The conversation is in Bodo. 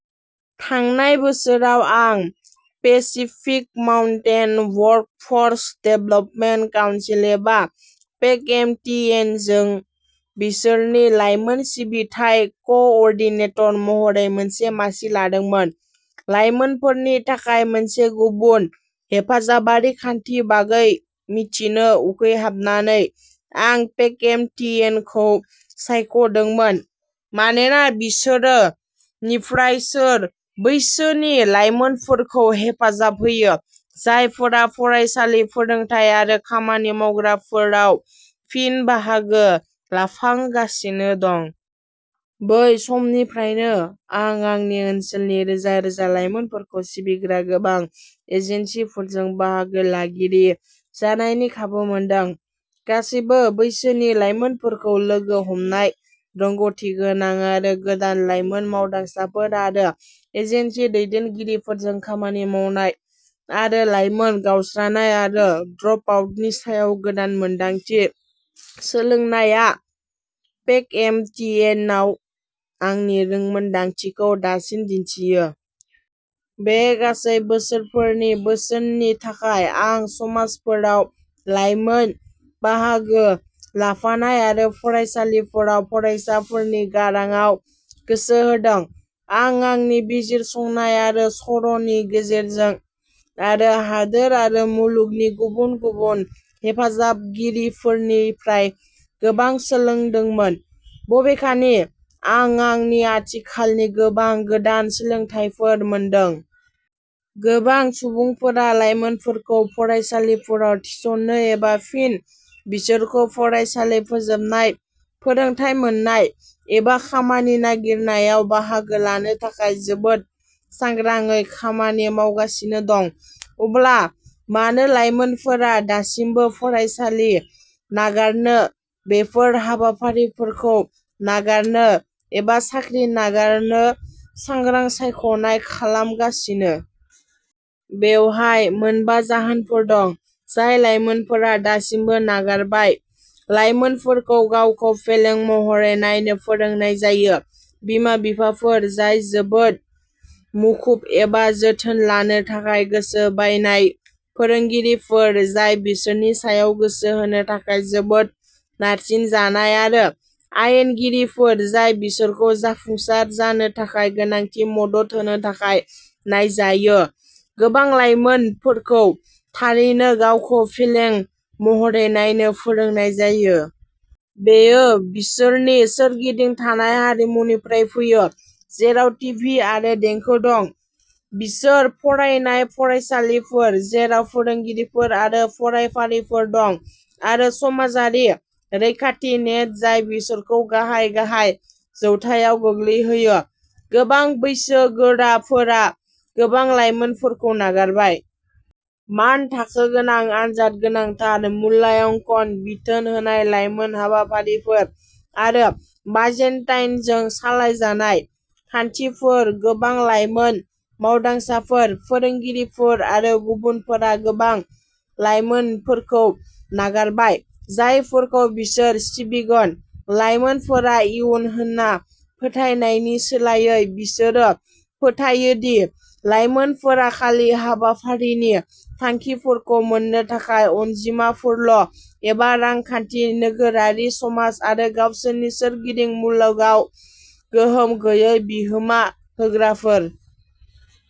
थांनाय बोसोराव आं Pacific Mountain Workforce Development Council, एबा पेकएमटीएनजों बिसोरनि लाइमोन सिबिथाइ क'ओर्डिनेटर महरै मोनसे मासि लादोंमोन। लाइमोनफोरनि थाखाय मोनसे गुबुन हेफाजाबारि खान्थिनि बागै मिथिनो उखैहाबनानै, आं पेकएमटीएनखौ सायख'दोंमोन मानोना बिसोरो निफ्राय बोसोर बैसोनि लाइमोनफोरखौ हेफाजाब होयो, जायफोरा फरायसालि, फोरोंथाय आरो खामानि मावग्राफोराव फिन-बाहागो लाफांगासिनो दं। बै समनिफ्रायनो, आं आंनि ओनसोलनि रोजा-रोजा लाइमोनफोरखौ सिबिग्रा गोबां एजेन्सिफोरजों बाहागो लागिरि जानायनि खाबु मोनदों। गासैबो बैसोनि लाइमोनफोरखौ लोगो हमनाय, रोंग'थिगोनां आरो गोदान लाइमोन मावदांसाफोर आरो एजेन्सि दैदेनगिरिफोरजों खामानि मावनाय, आरो लाइमोन गावस्रानाय आरो ड्रपआउटनि सायाव गोदान मोनदांथि सोलोंनाया पेकएमटीएनआव आंनि रोंमोनदांथिखौ दासिम दिन्थियो। बे गासै बोसोरफोरनि बोसोननि थाखाय, आं समाजफोराव लाइमोन बाहागो लाफानाय आरो फरायसालिफोराव फरायसाफोरनि गारांआव गोसो होदों। आं आंनि बिजिरसंनाय आरो सर'नि गेजेरजों, आरो हादोर आरो मुलुगनि गुबुन गुबुन हेफाजाबगिरिफोरनिफ्राय गोबां सोलोंदोंमोन। बबेखानि, आं आंनि आथिखालनि गोबां गोदान सोलोंथायफोर मोनदों। गोबां सुबुंफोरा लाइमोनफोरखौ फरायसालिफोराव थिसननो, एबा फिन बिसोरखौ फरायसालि फोजोबनाय, फोरोंथाय मोन्नाय, एबा खामानि नागिरनायाव बाहागो लानो थाखाय जोबोद सांग्राङै खामानि मावगासिनो दं। अब्ला मानो लाइमोनफोरा दासिमबो फरायसालि नागारनो, बेफोर हाबाफारिफोरखौ नागारनो, एबा साख्रि नागारनो सांग्रां सायख'नाय खालामगासिनो? बेवहाय मोनबा जाहोनफोर दं, जाय लाइमोनफोरा दासिमबो नागारबाय। लाइमोनफोरखौ गावखौ फेलें महरै नायनो फोरोंनाय जायो। बिमा-बिफाफोर जाय जोबोद मुखुब एबा जोथोन लानो थाखाय गोसो बायनाय, फोरोंगिरिफोर जाय बिसोरनि सायाव गोसो होनो थाखाय जोबोद नारसिनजानाय, आरो आयेनगिरिफोर जाय बिसोरखौ जाफुंसार जानो थाखाय गोनांथि मदद होनो थाखाय नायजायो, गोबां लाइमोनफोरखौ थारैनो गावखौ फेलें महरै नायनो फोरोंनाय जायो। बेयो बिसोरनि सोरगिदिं थानाय हारिमुनिफ्राय फैयो, जेराव टिभि आरो देंखो दं; बिसोर फरायनाय फरायसालिफोर, जेराव फोरोंगिरिफोर आरो फरायफारिफोर दं; आरो समाजारि रैखाथि नेट जाय बिसोरखौ गाहाय, गाहाय जौथायाव गोग्लैहोयो। गोबां बैसोगोराफोरा गोबां लाइमोनफोरखौ नागारबाय। मानथाखो गोनां आनजाद, गोनांथार मूल्याङ्कन, बिथोन होनाय लाइमोन हाबाफारिफोर, आरो बाइजेन्टाइनजों सालायजानाय। खान्थिफोर, गोबां लाइमोन मावदांसाफोर, फोरोंगिरिफोर आरो गुबुनफोरा गोबां लाइमोनफोरखौ नागारबाय, जायफोरखौ बिसोर सिबिगोन। "लाइमोनफोरा इयुन" होन्ना फोथायनायनि सोलायै, बिसोरो फोथायो दि लाइमोनफोरा खालि हाबाफारिनि थांखिफोरखौ मोन्नो थाखाय अनजिमाफोरल ', एबा रांखान्थि, नोगोरारि समाज आरो गावसोरनि सोरगिदिं मुलुगाव गोहोम गैयै बिहोमा होग्राफोर।